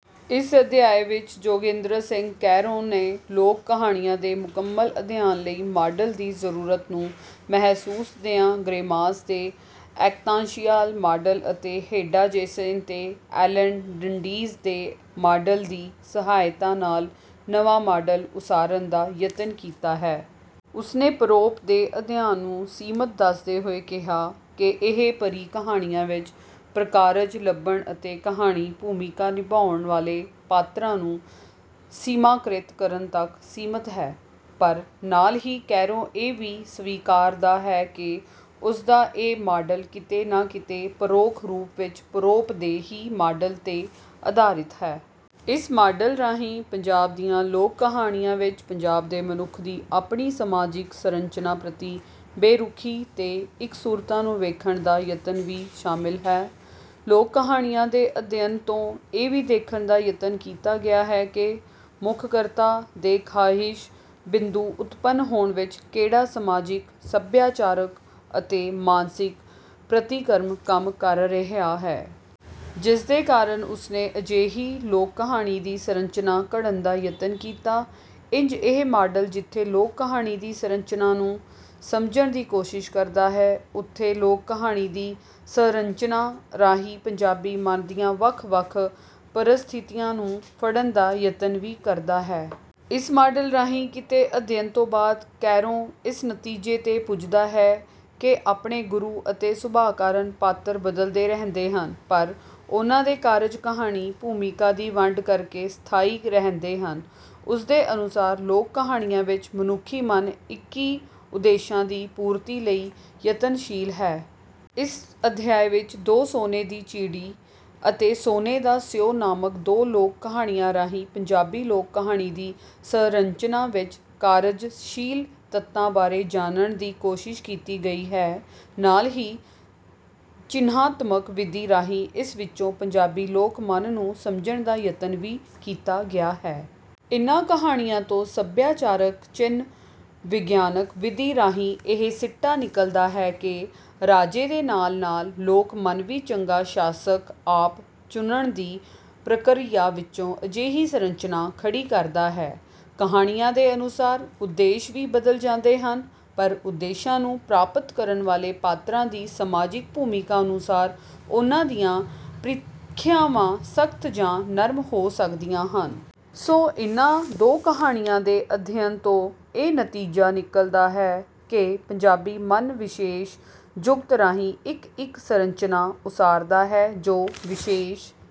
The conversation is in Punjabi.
ਇਸ ਅਧਿਆਇ ਵਿੱਚ ਜੋਗਿੰਦਰ ਸਿੰਘ ਕੈਰੋਂ ਨੇ ਲੋਕ ਕਹਾਣੀਆਂ ਦੇ ਮੁਕੰਮਲ ਅਧਿਅਨ ਲਈ ਮਾਡਲ ਦੀ ਜਰੂਰਤ ਨੂੰ ਮਹਿਸੂਸਦਿਆਂ ਗ੍ਰੇਮਾਸ ਦੇ ਐਕਤਾਂਸ਼ਿਆਲ ਮਾਡਲ ਅਤੇ ਹੇਡਾ ਜੇਸਨ ਤੇ ਐਲਨ ਡੰਡੀਜ਼ ਦੇ ਮਾਡਲ ਦੀ ਸਹਾਇਤਾ ਨਾਲ ਨਵਾਂ ਮਾਡਲ ਉਸਾਰਨ ਦਾ ਯਤਨ ਕੀਤਾ ਹੈ। ਉਸਨੇ ਪਰੋਪ ਦੇ ਅਧਿਅਨ ਨੂੰ ਸੀਮਤ ਦੱਸਦੇ ਹੋਏ ਕਿਹਾ ਕਿ ਇਹ ਪਰੀ ਕਹਾਣੀਆਂ ਵਿੱਚ ਪ੍ਰਕਾਰਜ ਲੱਭਣ ਅਤੇ ਕਹਾਣੀ ਭੂਮਿਕਾ ਨਿਭਾਉਣ ਵਾਲੇ ਪਾਤਰਾਂ ਨੂੰ ਸੀਮਾਕ੍ਰਿਤ ਕਰਨ ਤਕ ਸੀਮਤ ਹੈ। ਪਰ ਨਾਲ ਹੀ ਕੈਰੋਂ ਇਹ ਵੀ ਸਵੀਕਾਰਦਾ ਹੈ ਕਿ ਉਸਦਾ ਇਹ ਮਾਡਲ ਕਿਤੇ ਨਾ ਕਿਤੇ ਪਰੋਖ ਰੂਪ ਵਿੱਚ ਪਰੋਪ ਦੇ ਹੀ ਮਾਡਲ ਤੇ ਅਧਾਰਿਤ ਹੈ। ਇਸ ਮਾਡਲ ਰਾਹੀਂ ਪੰਜਾਬ ਦੀਆਂ ਲੋਕ ਕਹਾਣੀਆਂ ਵਿੱਚ ਪੰਜਾਬ ਦੇ ਮਨੁੱਖ ਦੀ ਆਪਣੀ ਸਮਾਜਿਕ ਸਰੰਚਨਾ ਪ੍ਰਤੀ ਬੇਰੁਖੀ ਤੇ ਇਕਸੁਰਤਾ ਨੂੰ ਵੇਖਣ ਦਾ ਯਤਨ ਵੀ ਸ਼ਾਮਿਲ ਹੈ। ਲੋਕ ਕਹਾਣੀਆਂ ਦੇ ਅਧਿਅਨ ਤੋਂ ਇਹ ਵੀ ਦੇਖਣ ਦਾ ਯਤਨ ਕੀਤਾ ਗਿਆ ਹੈ ਕਿ ਮੁਖ ਕਰਤਾ ਦੇ ਖਾਹਿਸ਼ ਬਿੰਦੂ ਉਤਪੰਨ ਹੋਣ ਵਿੱਚ ਕਿਹੜਾ ਸਮਾਜਿਕ ਸਭਿਆਚਾਰਕ ਅਤੇ ਮਾਨਸਿਕ ਪ੍ਰਤੀਕਰਮ ਕੰਮ ਕਰ ਰਿਹਾ ਹੈ। ਜਿਸਦੇ ਕਾਰਨ ਉਸਨੇ ਅਜਿਹੀ ਲੋਕ ਕਹਾਣੀ ਦੀ ਸਰੰਚਨਾ ਘੜਨ ਦਾ ਯਤਨ ਕੀਤਾ। ਇੰਝ ਇਹ ਮਾਡਲ ਜਿੱਥੇ ਲੋਕ ਕਹਾਣੀ ਦੀ ਸਰੰਚਨਾ ਨੂੰ ਸਮਝਣ ਦੀ ਕੋਸ਼ਿਸ਼ ਕਰਦਾ ਹੈ ਉੱਥੇ ਲੋਕ ਕਹਾਣੀ ਦੀ ਸਰੰਚਨਾ ਰਾਹੀਂ ਪੰਜਾਬੀ ਮਨ ਦੀਆਂ ਵੱਖ ਵੱਖ ਪਰਿਸਥਿਤੀਆਂ ਨੂੰ ਫੜਨ ਦਾ ਯਤਨ ਵੀ ਕਰਦਾ ਹੈ। ਇਸ ਮਾਡਲ ਰਾਹੀਂ ਕੀਤੇ ਅਧਿਅਨ ਤੋਂ ਬਾਅਦ ਕੈਰੋਂ ਇਸ ਨਤੀਜੇ ਤੇ ਪੁੱਜਦਾ ਹੈ ਕਿ ਆਪਣੇ ਗੁਣ ਅਤੇ ਸੁਭਾ ਕਾਰਨ ਪਾਤਰ ਬਦਲਦੇ ਰਹਿੰਦੇ ਹਨ ਪਰ ਉਹਨਾਂ ਦੇ ਕਾਰਜ ਕਹਾਣੀ ਭੂਮਿਕਾ ਦੀ ਵੰਡ ਕਰਕੇ ਸਥਾਈ ਰਹਿੰਦੇ ਹਨ ਉਸਦੇ ਅਨੁਸਾਰ ਲੋਕ ਕਹਾਣੀਆਂ ਵਿੱਚ ਮਨੁਖੀ ਮਨ ਇੱਕੀ ਉਦੇਸ਼ਾਂ ਦੀ ਪੂਰਤੀ ਲਈ ਯਤਨਸ਼ੀਲ ਹੈ। ਇਸ ਅਧਿਆਇ ਵਿੱਚ ਦੋ ਸੋਨੇ ਦੀ ਚਿੜੀ ਅਤੇ ਸੋਨੇ ਦਾ ਸਿਓ ਨਾਮਕ ਦੋ ਲੋਕ ਕਹਾਣੀਆਂ ਰਾਹੀਂ ਪੰਜਾਬੀ ਲੋਕ ਕਹਾਣੀ ਦੀ ਸਰੰਚਨਾ ਵਿੱਚ ਕਾਰਜਸ਼ੀਲ ਤੱਤਾਂ ਬਾਰੇ ਜਾਣਨ ਦੀ ਕੋਸ਼ਿਸ਼ ਕੀਤੀ ਗਈ ਹੈ। ਨਾਲ ਹੀ ਚਿਨ੍ਹਾਤਮਕ ਵਿਧੀ ਰਾਹੀਂ ਇਸ ਵਿੱਚੋਂ ਪੰਜਾਬੀ ਲੋਕ ਮਨ ਨੂੰ ਸਮਝਣ ਦਾ ਯਤਨ ਵੀ ਕੀਤਾ ਗਿਆ ਹੈ। ਇਨ੍ਹਾਂ ਕਹਾਣੀਆਂ ਤੋਂ ਸਭਿਆਚਾਰਕ ਚਿਨ੍ਹ ਵਿਗਿਆਨਕ ਵਿਧੀ ਰਾਹੀਂ ਇਹ ਸਿੱਟਾ ਨਿਕਲਦਾ ਹੈ ਕਿ ਰਾਜੇ ਦੇ ਨਾਲ ਨਾਲ ਲੋਕ ਮਨ ਵੀ ਚੰਗਾ ਸ਼ਾਸਕ ਆਪ ਚੁਣਨ ਦੀ ਪ੍ਰਕਿਰਿਆ ਵਿੱਚੋਂ ਅਜਿਹੀ ਸਰੰਚਨਾ ਖੜੀ ਕਰਦਾ ਹੈ। ਕਹਾਣੀਆਂ ਦੇ ਅਨੁਸਾਰ ਉਦੇਸ਼ ਵੀ ਬਦਲ ਜਾਂਦੇ ਹਨ ਪਰ ਉਦੇਸ਼ਾਂ ਨੂੰ ਪ੍ਰਾਪਤ ਕਰਨ ਵਾਲੇ ਪਾਤਰਾਂ ਦੀ ਸਮਾਜਿਕ ਭੂਮਿਕਾ ਅਨੁਸਾਰ ਉਨ੍ਹਾਂ ਦੀਆਂ ਪ੍ਰੀਖਿਆਵਾਂ ਸਖਤ ਜਾਂ ਨਰਮ ਹੋ ਸਕਦੀਆਂ ਹਨ। ਸੋ ਇਨ੍ਹਾਂ ਦੋ ਕਹਾਣੀਆਂ ਦੇ ਅਧਿਅਨ ਤੋਂ ਇਹ ਨਤੀਜਾ ਨਿਕਲਦਾ ਹੈ ਕਿ ਪੰਜਾਬੀ ਮਨ ਵਿਸ਼ੇਸ਼ ਜੁਗਤ ਰਾਹੀਂ ਇੱਕ ਇੱਕ ਸਰੰਚਨਾ ਉਸਾਰਦਾ ਹੈ ਜੋ ਵਿਸ਼ੇਸ਼